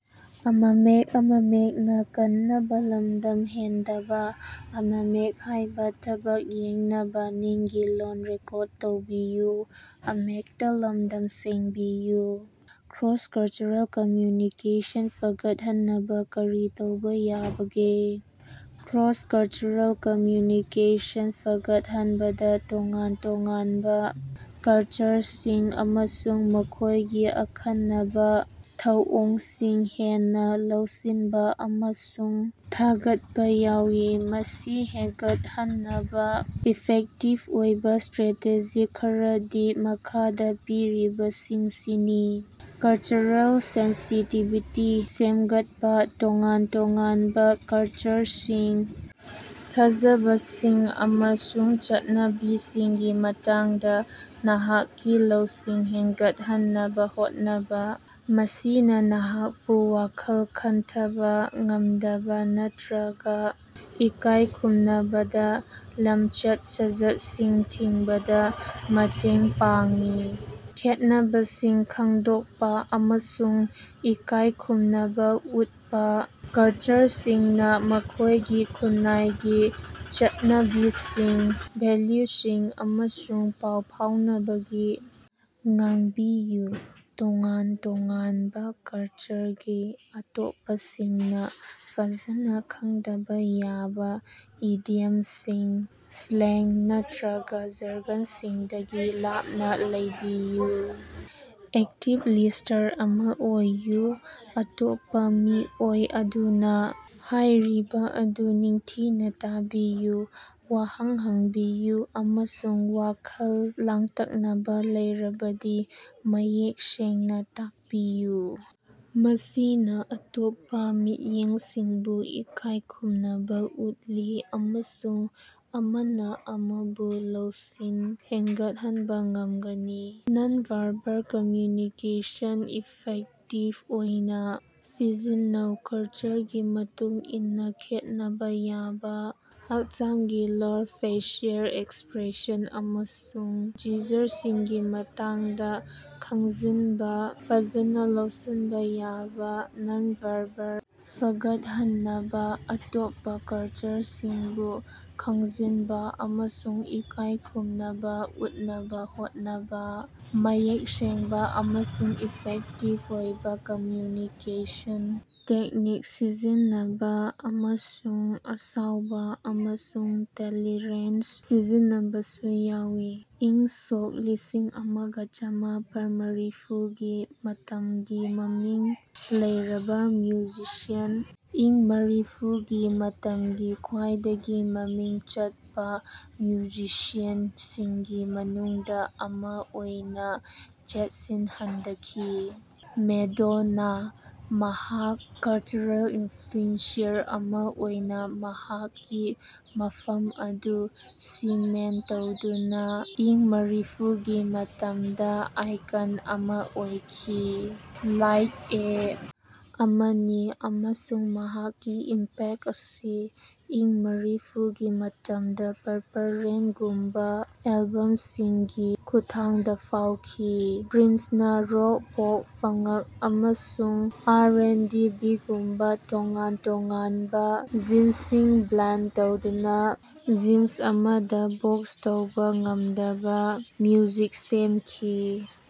Cross-cultural communication ꯐꯒꯠꯍꯟꯅꯕꯥ ꯀꯔꯤ ꯇꯧꯕ ꯌꯥꯕꯒꯦ? ꯀ꯭ꯔꯣꯁ-ꯀꯜꯆꯔꯦꯜ ꯀꯝꯃ꯭ꯌꯨꯅꯤꯀꯦꯁꯟ ꯐꯥꯒꯠꯍꯟꯕꯗ ꯇꯣꯉꯥꯟ-ꯇꯣꯉꯥꯟꯕ ꯀꯜꯆꯔꯁꯤꯡ ꯑꯃꯁꯨꯡ ꯃꯈꯣꯏꯒꯤ ꯑꯈꯟꯅꯕ ꯊꯧꯑꯣꯡꯁꯤꯡ ꯍꯦꯟꯅ ꯂꯧꯁꯤꯟꯕ ꯑꯃꯁꯨꯡ ꯊꯥꯒꯠꯄꯥ ꯌꯥꯎꯏ꯫ ꯃꯁꯤ ꯍꯦꯉꯠꯍꯟꯅꯕ ꯏꯐꯦꯛꯇꯤꯚ ꯑꯣꯏꯕ ꯁ꯭ꯇꯔꯥꯇꯦꯖꯤ ꯈꯔꯗꯤ ꯃꯈꯥꯗ ꯄꯤꯔꯤꯕꯁꯤꯡꯁꯤꯅꯤ: ꯀꯜꯆꯔꯦꯜ ꯁꯦꯟꯁꯤꯇꯤꯚꯤꯇꯤ ꯁꯦꯝꯒꯠꯄ ꯇꯣꯉꯥꯟ-ꯇꯣꯉꯥꯟꯕ ꯀꯜꯆꯔꯁꯤꯡ, ꯊꯥꯖꯕꯁꯤꯡ ꯑꯃꯁꯨꯡ ꯆꯠꯅꯕꯤꯁꯤꯡꯒꯤ ꯃꯇꯥꯡꯗ ꯅꯍꯥꯛꯀꯤ ꯂꯧꯁꯤꯡ ꯍꯦꯒꯠꯍꯟꯅꯕꯥ ꯍꯣꯠꯅꯕ꯫ ꯃꯁꯤꯅ ꯅꯍꯥꯛꯄꯨ ꯋꯥꯈꯜ ꯈꯟꯊꯕꯥ ꯉꯝꯗꯕ ꯅꯠꯇꯔꯒ ꯏꯀꯥꯏ ꯈꯨꯝꯅꯗꯕ ꯂꯝꯆꯠ-ꯁꯥꯖꯠꯁꯤꯡ ꯊꯤꯡꯕꯗ ꯃꯇꯦꯡ ꯄꯥꯡꯏ꯫ ꯈꯦꯠꯅꯕꯁꯤꯡ ꯈꯪꯗꯣꯛꯄ ꯑꯃꯁꯨꯡ ꯏꯀꯥꯏꯈꯨꯝꯅꯕ ꯎꯠꯄ ꯀꯜꯆꯔꯁꯤꯡꯅꯥ ꯃꯈꯣꯏꯒꯤ ꯈꯨꯟꯅꯥꯏꯒꯤ ꯆꯠꯅꯕꯤꯁꯤꯡ, ꯚꯦꯂꯨꯁꯤꯡ ꯑꯃꯁꯨꯡ ꯄꯥꯎ ꯐꯥꯎꯅꯕꯒꯤ ꯉꯥꯡꯕꯤꯌꯨ꯫ ꯇꯣꯉꯥꯟ-ꯇꯣꯉꯥꯟꯕ ꯀꯜꯆꯔꯒꯤ ꯑꯇꯣꯞꯄꯁꯤꯡꯅ ꯐꯖꯅ ꯈꯪꯗꯕ ꯌꯥꯕ ꯏꯗꯤꯌꯝꯁꯤꯡ, ꯁ꯭ꯂꯦꯡꯒ ꯅꯠꯇꯔꯒ ꯖꯥꯔꯒꯅꯁꯤꯡꯗꯒꯤ ꯂꯥꯞꯅ ꯂꯩꯌꯨ꯫ ꯑꯦꯛꯇꯤꯕ ꯂꯤꯁ꯭ꯇꯔ ꯑꯃ ꯑꯣꯏꯌꯨ ꯑꯇꯣꯞꯄ ꯃꯤꯑꯣꯏ ꯑꯗꯨꯅꯥ ꯍꯥꯢꯔꯤꯕ ꯑꯗꯨ ꯅꯤꯡꯊꯤꯅ ꯇꯥꯕꯤꯌꯨ, ꯋꯥꯍꯪ ꯍꯪꯕꯤꯌꯨ ꯑꯃꯁꯨꯡ ꯋꯥꯈꯜ ꯂꯥꯡꯇꯛꯅꯕ ꯂꯩꯔꯕꯗꯤ ꯃꯌꯦꯛ ꯁꯦꯡꯅ ꯇꯥꯛꯄꯤꯌꯨ꯫ ꯃꯁꯤꯅ ꯑꯇꯣꯞꯄ ꯃꯤꯠꯌꯦꯡꯁꯤꯡꯕꯨ ꯏꯀꯥꯏ ꯈꯨꯝꯅꯕꯥ ꯎꯠꯂꯤ ꯑꯃꯁꯨꯡ ꯑꯃꯅ ꯑꯃꯕꯨ ꯂꯧꯁꯤꯡ ꯍꯦꯉꯠꯍꯟꯕ ꯉꯝꯒꯅꯤ꯫ ꯅꯟ-ꯚꯥꯔꯕꯦꯜ ꯀꯝꯃ꯭ꯌꯨꯅꯤꯀꯦꯁꯟ ꯏꯐꯦꯛꯇꯤꯚ ꯑꯣꯏꯅ ꯁꯤꯖꯤꯟꯅꯧ ꯀꯜꯆꯔꯒꯤ ꯃꯇꯨꯡꯏꯟꯅꯥ ꯈꯦꯠꯅꯕ ꯌꯥꯕꯥ ꯍꯛꯆꯥꯡꯒꯤ ꯂꯣꯜ, ꯐꯦꯁꯤꯑꯦꯜ ꯑꯦꯛꯁꯄ꯭ꯔꯦꯁꯟ ꯑꯃꯁꯨꯡ ꯖꯤꯖꯔꯁꯤꯡꯒꯤ ꯃꯇꯥꯡꯗꯥ ꯈꯪꯖꯤꯟꯕ꯫ ꯐꯖꯅꯥ ꯂꯧꯁꯥꯟꯕ ꯌꯥꯕꯥ ꯅꯟ-ꯚꯥꯔꯕꯦꯜ ꯐꯥꯒꯠꯍꯟꯕꯗ ꯑꯇꯣꯞꯄ ꯀꯜꯆꯔꯁꯤꯡꯕꯨ ꯈꯪꯖꯤꯟꯕꯥ ꯑꯃꯁꯨꯡ ꯏꯀꯥꯏ ꯈꯨꯝꯅꯕ ꯎꯠꯅꯕ ꯍꯣꯠꯅꯕ, ꯃꯌꯦꯛ ꯁꯦꯡꯕꯥ ꯑꯃꯁꯨꯡ ꯏꯐꯦꯛꯇꯤꯚ ꯑꯣꯏꯕ ꯀꯝꯃ꯭ꯌꯨꯅꯤꯀꯦꯁꯟ ꯇꯦꯛꯅꯤꯛꯁꯤꯡ ꯁꯤꯖꯤꯟꯅꯕ ꯑꯃꯁꯨꯡ ꯑꯁꯥꯎꯕ ꯑꯃꯁꯨꯡ ꯇꯦꯂꯦꯔꯦꯟꯁ ꯁꯤꯖꯤꯟꯅꯕꯁꯨ ꯌꯥꯎꯏ꯫ ꯏꯪꯁꯣꯛ ꯂꯤꯁꯤꯡ ꯑꯃꯒ ꯆꯥꯃꯥꯄꯟ ꯃꯔꯤꯐꯨ ꯒꯤ ꯃꯇꯝꯒꯤ ꯃꯃꯤꯡ ꯂꯩꯔꯕꯥ ꯃ꯭꯭ꯌꯨꯖꯤꯁꯤꯌꯥꯟ ꯏꯪ ꯃꯔꯤꯐꯨ ꯒꯤ ꯃꯇꯝꯒꯤ ꯈ꯭ꯋꯥꯏꯗꯒꯤ ꯃꯃꯤꯡ ꯆꯠꯄ ꯃ꯭ꯌꯨꯖꯤꯛꯁꯤꯌꯥꯟ ꯁꯤꯡꯒꯤ ꯃꯅꯨꯡꯗ ꯑꯃꯥ ꯑꯣꯏꯅ ꯆꯦꯠꯁꯤꯟꯍꯗꯈꯤ꯫ ꯃꯦꯗꯣꯅꯥ: ꯃꯍꯥꯛ ꯀꯜꯆꯔꯦꯜ ꯏꯟꯐ꯭ꯂꯨꯑꯦꯟꯖꯔ ꯑꯃ ꯑꯣꯏꯅ ꯃꯍꯥꯛꯀꯤ ꯃꯐꯝ ꯑꯗꯨ ꯁꯤꯃꯦꯟꯇ ꯇꯧꯗꯨꯅ ꯏꯪ ꯃꯔꯤꯐꯨ ꯒꯤ ꯃꯇꯝꯗ ꯑꯥꯏꯀꯟ ꯑꯃ ꯑꯣꯏꯈꯤ꯫ "ꯂꯥꯏꯛ ꯑꯦ ꯑꯃꯅꯤ ꯑꯃꯁꯨꯡ ꯃꯍꯥꯛꯀꯤ ꯏꯝꯄꯦꯛ ꯑꯁꯤ ꯏꯪ ꯃꯔꯤꯐꯨ ꯒꯤ ꯃꯇꯝꯗ "ꯄꯥꯔꯄꯜ ꯔꯦꯟ" ꯒꯨꯝꯕ ꯑꯦꯜꯕꯝ ꯁꯤꯡꯒꯤ ꯈꯨꯠꯊꯥꯡꯗ ꯐꯥꯎꯈꯤ꯫ ꯄ꯭꯭ꯔꯤꯟꯁꯅꯥ ꯔꯣꯛ, ꯄꯣꯞ, ꯐꯉ꯭ꯛ, ꯑꯃꯁꯨꯡ ꯑꯥꯔ ꯑꯦꯟꯗ ꯕꯤꯒꯨꯝꯕꯥ ꯇꯣꯉꯥꯟ ꯇꯣꯉꯥꯟꯕ ꯖꯤꯟꯁꯤꯡ ꯕ꯭꯭ꯂꯦꯟ ꯇꯧꯗꯨꯅ ꯖꯤꯟ ꯑꯃꯗ ꯕꯣꯛꯁ ꯇꯧꯕ ꯉꯝꯗꯕ ꯃ꯭ꯌꯨꯖꯤꯛ ꯁꯦꯝꯈꯤ꯫